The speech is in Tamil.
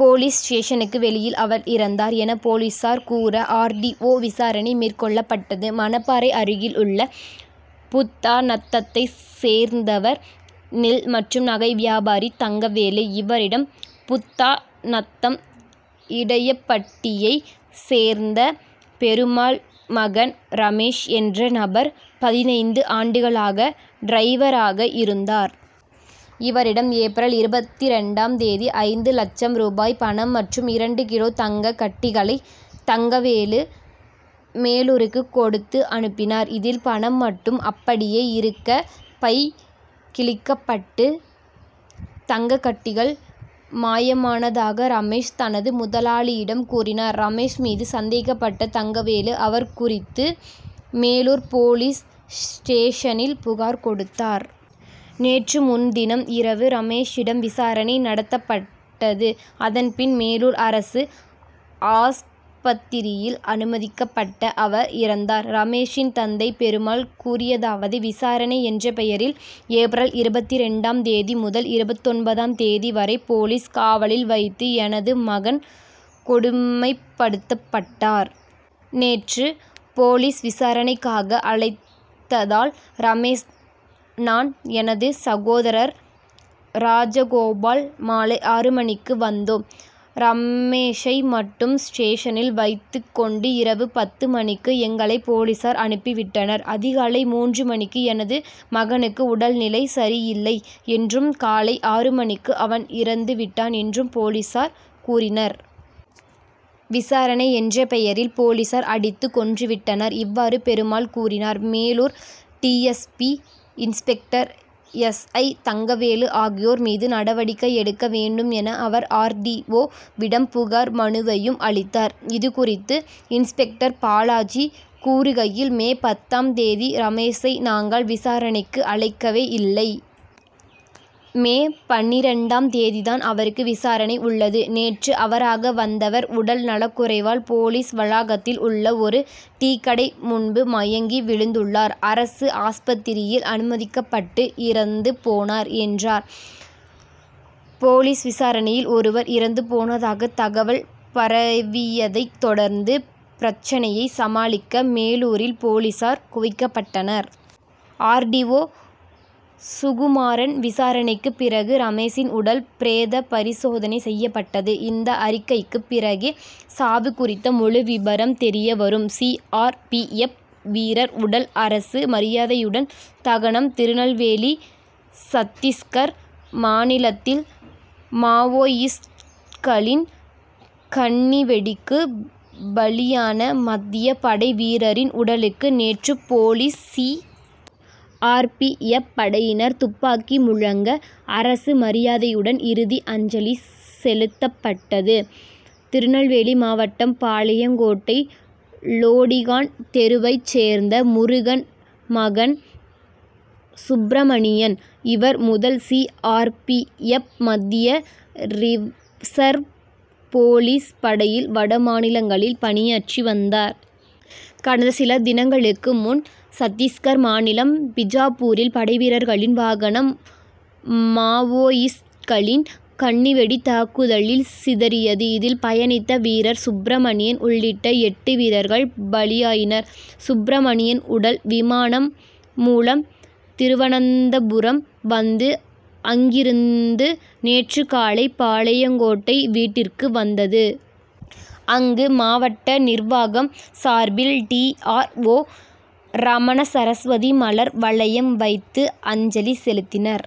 போலீஸ் ஸ்டேஷனுக்கு வெளியில் அவர் இறந்தார் என போலீசார் கூற ஆர். டி. ஓ. விசாரணை மேற்கொள்ளப்பட்டுள்ளது. மணப்பாறை அருகில் உள்ள புத்தாநத்தத்தை சேர்ந்தவர் நெல் மற்றும் நகை வியாபாரி தங்கவேலு. இவரிடம் புத்தாநத்தம் இடையபட்டியை சேர்ந்த பெருமாள் மகன் ரமேஷ் என்ற நபர் பதினைந்து ஆண்டுகளாக டிரைவராக இருந்தார். இவரிடம் ஏப்ரல் இருபத்திரண்டாம் தேதி ஐந்து லட்சம் ரூபாய் பணம் மற்றும் இரண்டு கிலோ தங்க கட்டிகளை தங்கவேலு மேலூருக்கு கொடுத்து அனுப்பினார். இதில் பணம் மட்டும் அப்படியே இருக்க பை கிழிக்கப்பட்டு தங்க கட்டிகள் மாயமானதாக ரமேஷ் தனது முதலாளியிடம் கூறினார். ரமேஷ் மீது சந்தேகப்பட்ட தங்கவேலு அவர் குறித்து மேலூர் போலீஸ் ஸ்டேஷனில் புகார் கொடுத்தார். நேற்று முன்தினம் இரவு ரமேஷிடம் விசாரணை நடத்தப்பட்டது. அதன் பின் மேலூர் அரசு ஆஸ்பத்திரியில் அனுமதிக்கப்பட்ட அவர் இறந்தார். ரமேஷின் தந்தை பெருமாள் கூறியதாவது விசாரணை என்ற பெயரில் ஏப்ரல் இருபத்திரண்டாம் தேதி முதல் இருபத்தொன்பதாம் தேதி வரை போலீஸ் காவலில் வைத்து எனது மகன் கொடுமைப்படுத்தப்பட்டார். நேற்று போலீஸ் விசாரணைக்காக அழைத்ததால் ரமேஷ் நான் எனது சகோதரர் ராஜகோபால் மாலை ஆறு மணிக்கு வந்தோம். ரம்மேஷை மட்டும் ஸ்டேஷனில் வைத்துக் கொண்டு இரவு பத்து மணிக்கு எங்களை போலீசார் அனுப்பி விட்டனர். அதிகாலை மூன்று மணிக்கு எனது மகனுக்கு உடல் நிலை சரியில்லை என்றும் காலை ஆறு மணிக்கு அவன் இறந்து விட்டான் என்றும் போலீசார் கூறினர். விசாரணை என்ற பெயரில் போலீசார் அடித்து கொன்றுவிட்டனர். இவ்வாறு பெருமாள் கூறினார். Melur D. S. P. Inspector S. I. Thangavelu ஆகியோர் மீது நடவடிக்கை எடுக்க வேண்டும் என அவர் ஆர். டி. ஓ.விடம் புகார் மனுவையும் அளித்தார். இது குறித்து இன்ஸ்பெக்டர் பாலாஜி கூறுகையில் மே பத்தாம் தேதி ரமேஷை நாங்கள் விசாரணைக்கு அழைக்கவே இல்லை. மே பன்னிரண்டாம் தேதி தான் அவருக்கு விசாரணை உள்ளது. நேற்று அவராக வந்தவர் உடல் நலக்குறைவால் போலீஸ் வளாகத்தில் உள்ள ஒரு டீக்கடை முன்பு மயங்கி விழுந்துள்ளார். அரசு ஆஸ்பத்திரியில் அனுமதிக்கப்பட்டு இறந்து போனார் என்றார். போலீஸ் விசாரணையில் ஒருவர் இறந்து போனதாக தகவல் பரவியதை தொடர்ந்து பிரச்னையை சமாளிக்க மேலூரில் போலீசார் குவிக்கப்பட்டனர். ஆர். டி. ஓ. சுகுமாறன் விசாரணைக்கு பிறகு ரமேஷின் உடல் பிரேத பரிசோதனை செய்யப்பட்டது. இந்த அறிக்கைக்கு பிறகே சாவு குறித்த முழு விபரம் தெரிய வரும். சி. ஆர். பி. எப். வீரர் உடல் அரசு மரியாதையுடன் தகனம் திருநெல்வேலி சத்திஸ்கர் மாநிலத்தில் மாவோயிஸ்ட்களின் கண்ணிவெடிக்கு பலியான மத்திய படை வீரரின் உடலுக்கு நேற்று police C. R. P. F. படையினர் துப்பாக்கி முழங்க அரசு மரியாதையுடன் இறுதி அஞ்சலி செலுத்தப்பட்டது. திருநெல்வேலி மாவட்டம் பாளையங்கோட்டை லோடிகான் தெருவைச் சேர்ந்த முருகன் மகன் சுப்ரமணியன். இவர் முதல் சி. ஆர். பி. எப். மத்திய ரிசர்வ் போலீஸ் படையில் வடமாநிலங்களில் பணியாற்றி வந்தார். கடந்த சில தினங்களுக்கு முன் சத்திஸ்கர் மாநிலம் பிஜாப்பூரில் படைவீரர்களின் வாகனம் மாவோயிஸ்ட்களின் கண்ணிவெடி தாக்குதலில் சிதறியது. இதில் பயணித்த வீரர் சுப்ரமணியன் உள்ளிட்ட எட்டு வீரர்கள் பலியாயினர். சுப்ரமணியன் உடல் விமானம் மூலம் திருவனந்தபுரம் வந்து அங்கிருந்து நேற்று காலை பாளையங்கோட்டை வீட்டிற்கு வந்தது. அங்கு மாவட்ட நிர்வாகம் சார்பில் டி. ஆர். ஓ. ரமணசரஸ்வதி மலர் வளையம் வைத்து அஞ்சலி செலுத்தினர்.